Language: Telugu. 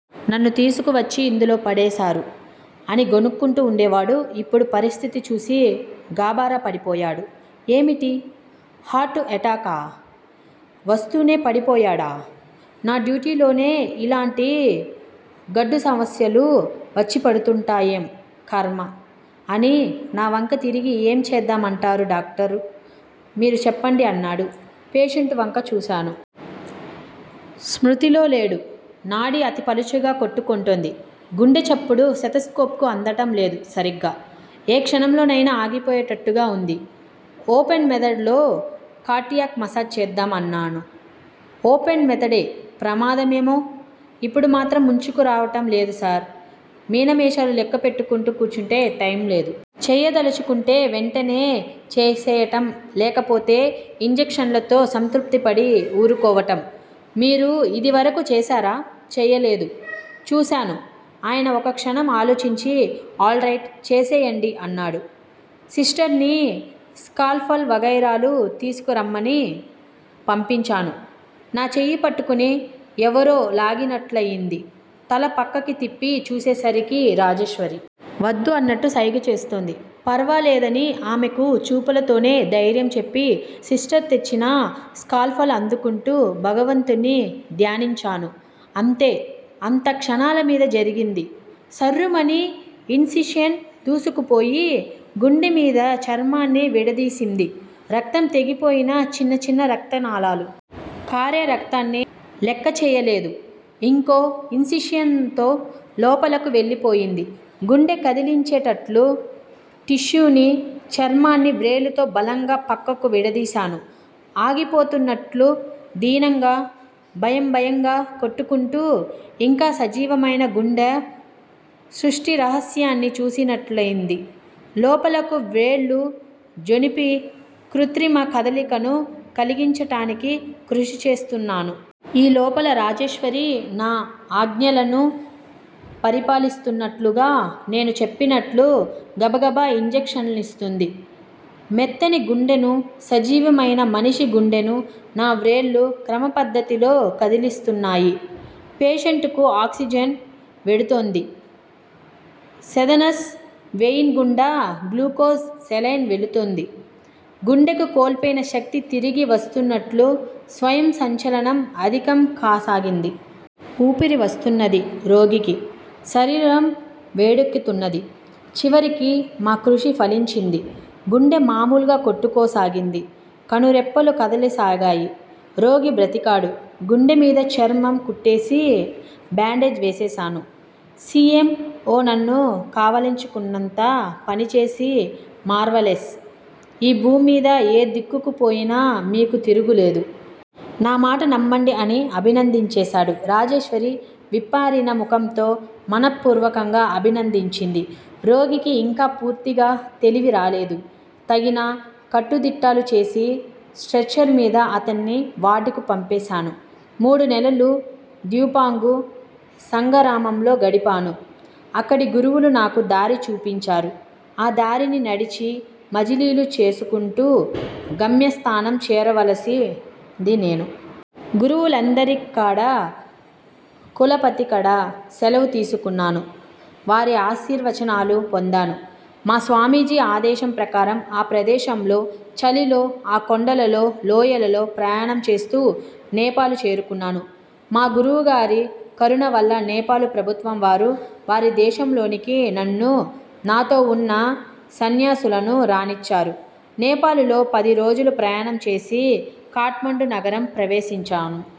నన్ను తీసుకువచ్చి యిందులో పడేశారు అని గొణుక్కుంటూ ఉండేవాడు. ఇప్పుడు పరిస్థితి చూసి గాభరాపడిపోయాడు. ఏమిటి? హార్టు ఎటాకా? వస్తూనే పడిపోయాడా? నా డ్యూటీలోనే యిలాంటి గడ్డుసమస్యలు వచ్చిపడుతూంటాయేం కర్మ? అని నా వంక తిరిగి ఏం చేద్దాంమంటారు డాక్టర్? మీరు చెప్పండి అన్నాడు. పేషెంటువంక చూశాను. స్మృతిలోలేడు. నాడి అతి పలచగా కొట్టుకుంటోంది. గుండె చప్పుడు స్టెతస్కోప్ కు అందటం లేదు సరిగ్గా. ఏ క్షణంలోనైనా ఆగిపోయేటట్లుగా ఉంది. ఓపెన్ మెథడ్ లో కార్డియాక్ మసాజీ చేద్దాం అన్నాను. ఓపెన్ మెథడే! ప్రమాదమేమో. ఇప్పుడు మాత్రం ముంచుకురావటం లేదా సార్? మీనమేషాలు లెక్క పెట్టుకుంటూ కూర్చుంటే టైంలేదు. చెయ్యదలచుకుంటే వెంటనే చేసెయ్యటం, లేకపోతే యింజక్షన్లతో సంతృప్తి పడి ఊరుకోవటం. మీరు యిదివరకు చేశారా? చెయ్యలేదు. చూశాను. ఆయన ఒకక్షణం ఆలోచించి ఆల్ రైట్, చేసెయ్యండి అన్నాడు. సిస్టర్ని స్కాల్ పల్ వగైరాలు తీసుకురమ్మని పంపించాను. నా చెయ్యిపట్టుకుని ఎవరో లాగినట్లయింది. తల ప్రక్కకి త్రిప్పి చూసేసరికి రాజేశ్వరి. వద్దు అన్నట్లు సౌంజ్ఞ చేస్తోంది. పర్వాలే దని ఆమెకు చూపులతోనే ధైర్యం చెప్పి సిస్టర్ తెచ్చిన స్కాల్ పల్ అందుకుంటూ భగవంతుణ్ని ధ్యానించాను. అంతే. అంతా క్షణాలమీద జరిగింది. సర్రుమని యిన్ సిషన్ దూసుకుపోయి, గుండెమీది చర్మాన్ని విడదీసింది. రక్తం, తెగిపోయిన చిన్న చిన్న రక్తనాళాలు. కారే రక్తాన్ని లెక్కచెయ్యలేదు. ఇంకో యిన్సిషన్ తో లోపలకు వెళ్ళిపోయింది. గుండె కదిలించేటట్లు టిష్యూనీ, చర్మాన్నీ వ్రేళ్ళతో బలంగా ప్రక్కకు విడదీశాను. ఆగిపోతున్నట్లు, దీనంగా, భయంభయంగా కొట్టుకుంటూ యింకా సజీవమైన గుండె సృష్టిరహస్యాన్ని చూసినట్లయింది. లోపలకు వ్రేళ్ళు జొనిపి కృత్రిమ కదలికను కలిగించటానికి కృషి చేస్తున్నాను. ఈ లోపల రాజేశ్వరి నా ఆజ్ఞలను పరిపాలిస్తున్నట్లుగా. నేను చెప్పినట్లు గబగబ యింజక్షన్లిస్తోంది. మెత్తని గుండెను, సజీవమైన మనిషిగుండెను నా వ్రేళ్ళు క్రమపద్ధతిలో కదిలిస్తున్నాయి పేషెంటుకు ఆక్సిజన్ వెడుతోంది. సెదనస్ వెయిన్ గుండా గ్లూకోజ్ సెలైన్ వెడుతోంది. గుండెకు కోల్పోయిన శక్తి తిరిగి వస్తున్నట్లు, స్వయం సంచలనం అధికం కాసాగింది. ఊపిరి వస్తున్నది రోగికి. శరీరం వేడెక్కుతున్నది. చివరికి మా కృషి ఫలించింది. గుండె మామూలుగా కొట్టుకోసాగింది. కనురెప్పలు కదలసాగాయి. రోగి బ్రతికాడు. గుండెమీది చర్మం కుట్టేసి, బాండేజ్ వేసేశారు. సి. ఎమ్. ఓ నన్ను కావలించుకున్నంత పనిచేసి మార్వలెస్! ఈ భూమ్మీద ఏ దిక్కుకుపోయినా మీకు తిరుగులేదు. నామాట నమ్మండి అని అభినందించేశాడు. రాజేశ్వరి విప్పారిన ముఖంతో మనః పూర్వకంగా అభినందించింది. రోగికి యింకా పూర్తిగా తెలివిరాలేదు. తగిన కట్టుదిట్టాలు చేసి స్ట్రెచర్ మీద అతన్ని వార్డుకు పంపేశాము. మూడు నెలలూ ద్యూపాంగు సంఘరామంలో గడిపాను. అక్కడి గురువులు నాకు దారి చూపించారు. ఆ దారిని నడిచి, మజిలీలు చేసుకుంటూ గమ్యస్థానం చేరవలసింది నేను. గురువులందరికడా, కులపతికడా సెలవు తీసుకున్నాను. వారి ఆశీర్వచనాలు పొందాను. మా స్వామీజీ ఆదేశం ప్రకారం ఆ ప్రదేశంలో, చలిలో, ఆ కొండలలో, లోయలలో ప్రయాణంచేస్తూ నేపాలు చేరుకున్నాను. మా గురువుగారి కరుణవల్ల నేపాలు ప్రభుత్వంవారు వారి దేశంలోనికి నన్నూ, నాతో ఉన్న సన్యాసులనూ రానిచ్చారు. నేపాలులో పదిరోజులు ప్రయాణం చేసి కాట్మాండు నగరం ప్రవేశించాము.